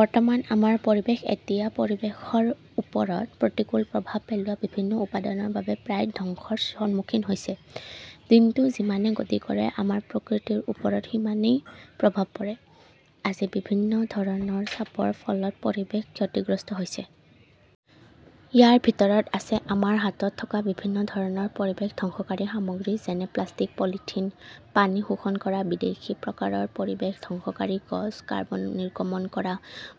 বৰ্তমান আমাৰ পৰিৱেশ এতিয়া পৰিৱেশৰ ওপৰত প্ৰতিকূল প্ৰভাৱ পেলোৱা বিভিন্ন উপাদানৰ বাবে প্ৰায় ধ্বংসৰ সন্মুখীন হৈছে। দিনটো যিমানে গতি কৰে, আমাৰ প্ৰকৃতিৰ ওপৰত সিমানেই প্ৰভাৱ পৰে। আজি বিভিন্ন ধৰণৰ চাপৰ ফলত পৰিৱেশ ক্ষতিগ্ৰস্ত হৈছে। ইয়াৰ ভিতৰত আছে আমাৰ হাতত থকা বিভিন্ন ধৰণৰ পৰিৱেশ ধ্বংসকাৰী সামগ্ৰী, যেনে প্লাষ্টিক, পলিথিন, পানী শোষণ কৰা বিদেশী প্ৰকাৰৰ পৰিৱেশ ধ্বংসকাৰী গছ, কাৰ্বন নিৰ্গমন কৰা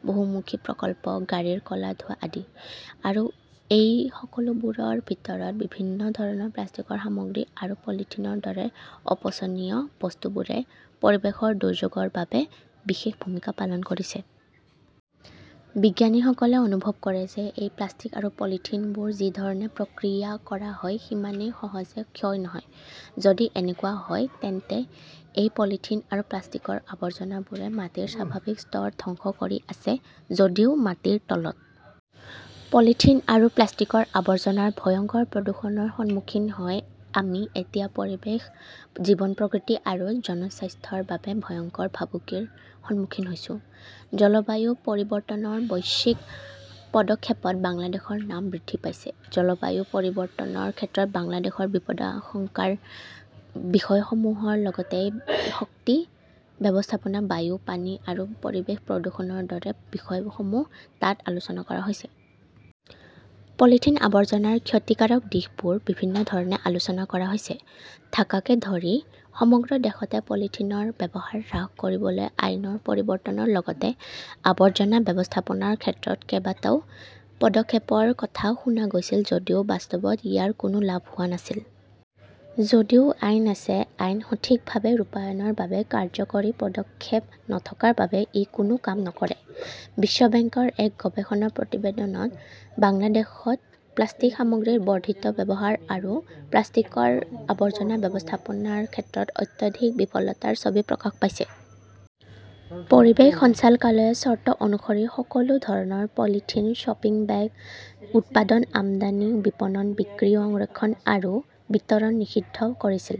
বহুমুখী প্ৰকল্প, গাড়ীৰ ক'লা ধোঁৱা আদি। আৰু এই সকলোবোৰৰ ভিতৰত, বিভিন্ন ধৰণৰ প্লাষ্টিকৰ সামগ্ৰী আৰু পলিথিনৰ দৰে অপচনীয় বস্তুবোৰে পৰিৱেশৰ দুৰ্যোগৰ বাবে বিশেষ ভূমিকা পালন কৰিছে। বিজ্ঞানীসকলে অনুভৱ কৰে যে এই প্লাষ্টিক আৰু পলিথিনবোৰ যি ধৰণে প্ৰক্ৰিয়া কৰা হয় সিমানেই সহজে ক্ষয় নহয়। যদি এনেকুৱা হয়, তেন্তে এই পলিথিন আৰু প্লাষ্টিকৰ আৱৰ্জনাবোৰে মাটিৰ স্বাভাৱিক স্তৰ ধ্বংস কৰি আছে, যদিও মাটিৰ তলত। পলিথিন আৰু প্লাষ্টিকৰ আৱৰ্জনাৰ ভয়ংকৰ প্ৰদূষণৰ সন্মুখীন হৈ আমি এতিয়া পৰিৱেশ, জীৱন-প্ৰকৃতি আৰু জনস্বাস্থ্যৰ বাবে ভয়ংকৰ ভাবুকিৰ সন্মুখীন হৈছোঁ। জলবায়ু পৰিৱৰ্তনৰ বৈশ্বিক পদক্ষেপত বাংলাদেশৰ নাম বৃদ্ধি পাইছে। জলবায়ু পৰিৱৰ্তনৰ ক্ষেত্ৰত বাংলাদেশৰ বিপদাশংকাৰ বিষয়সমূহৰ লগতে শক্তি ব্যৱস্থাপনা, বায়ু, পানী আৰু পৰিৱেশ প্ৰদূষণৰ দৰে বিষয়সমূহ তাত আলোচনা কৰা হৈছে। পলিথিন আৱৰ্জনাৰ ক্ষতিকাৰক দিশবোৰ বিভিন্ন ধৰণে আলোচনা কৰা হৈছে। ঢাকাকে ধৰি সমগ্ৰ দেশতে পলিথিনৰ ব্যৱহাৰ হ্ৰাস কৰিবলৈ আইনৰ পৰিৱৰ্তনৰ লগতে আৱৰ্জনা ব্যৱস্থাপনাৰ ক্ষেত্ৰত কেইবাটাও পদক্ষেপৰ কথা শুনা গৈছিল যদিও বাস্তৱত ইয়াৰ কোনো লাভ হোৱা নাছিল। যদিও আইন আছে, আইন সঠিকভাৱে ৰূপায়ণৰ বাবে কাৰ্যকৰী পদক্ষেপ নথকাৰ বাবে ই কোনো কাম নকৰে। বিশ্ব বেংকৰ এক গৱেষণা প্ৰতিবেদনত বাংলাদেশত প্লাষ্টিক সামগ্ৰীৰ বৰ্ধিত ব্যৱহাৰ আৰু প্লাষ্টিকৰ আৱৰ্জনা ব্যৱস্থাপনাৰ ক্ষেত্ৰত অত্যধিক বিফলতাৰ ছবি প্ৰকাশ পাইছে। পৰিৱেশ সঞ্চালকালয়ে চৰ্ত অনুসৰি সকলো ধৰণৰ পলিথিন শ্বপিং বেগ উৎপাদন, আমদানি, বিপণন, বিক্ৰী, সংৰক্ষণ আৰু বিতৰণ নিষিদ্ধ কৰিছিল।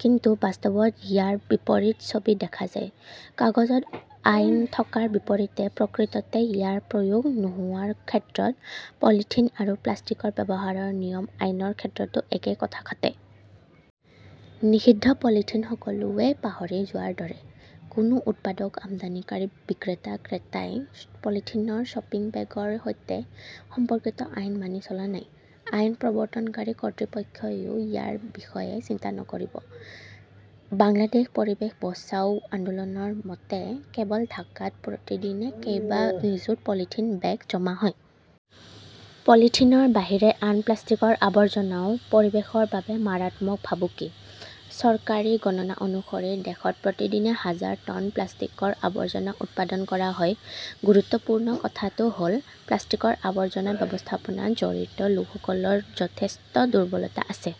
কিন্তু বাস্তৱত ইয়াৰ বিপৰীত ছবি দেখা যায়। কাগজত আইন থকাৰ বিপৰীতে প্ৰকৃততে ইয়াৰ প্ৰয়োগ নোহোৱাৰ ক্ষেত্ৰত পলিথিন আৰু প্লাষ্টিকৰ ব্যৱহাৰৰ নিয়ম আইনৰ ক্ষেত্ৰতো একেই কথা খাটে। নিষিদ্ধ পলিথিন সকলোৱে পাহৰি যোৱাৰ দৰে। কোনো উৎপাদক, আমদানিকাৰী, বিক্ৰেতা-ক্ৰেতাই পলিথিনৰ শ্বপিং বেগৰ সৈতে সম্পৰ্কিত আইন মানি চলা নাই। আইন প্ৰৱৰ্তনকাৰী কৰ্তৃপক্ষইও ইয়াৰ বিষয়ে চিন্তা নকৰিব। বাংলাদেশ পৰিৱেশ বচাও আন্দোলনৰ মতে, কেৱল ঢাকাত প্ৰতিদিনে কেইবা নিযুত পলিথিন বেগ জমা হয়। পলিথিনৰ বাহিৰে আন প্লাষ্টিকৰ আৱৰ্জনাও পৰিৱেশৰ বাবে মাৰাত্মক ভাবুকি। চৰকাৰী গণনা অনুসৰি, দেশত প্ৰতিদিনে হাজাৰ টন প্লাষ্টিকৰ আৱৰ্জনা উৎপাদন কৰা হয়। গুৰুত্বপূৰ্ণ কথাটো হ'ল, প্লাষ্টিকৰ আৱৰ্জনা ব্যৱস্থাপনাত জড়িত লোকসকলৰ যথেষ্ট দুৰ্বলতা আছে।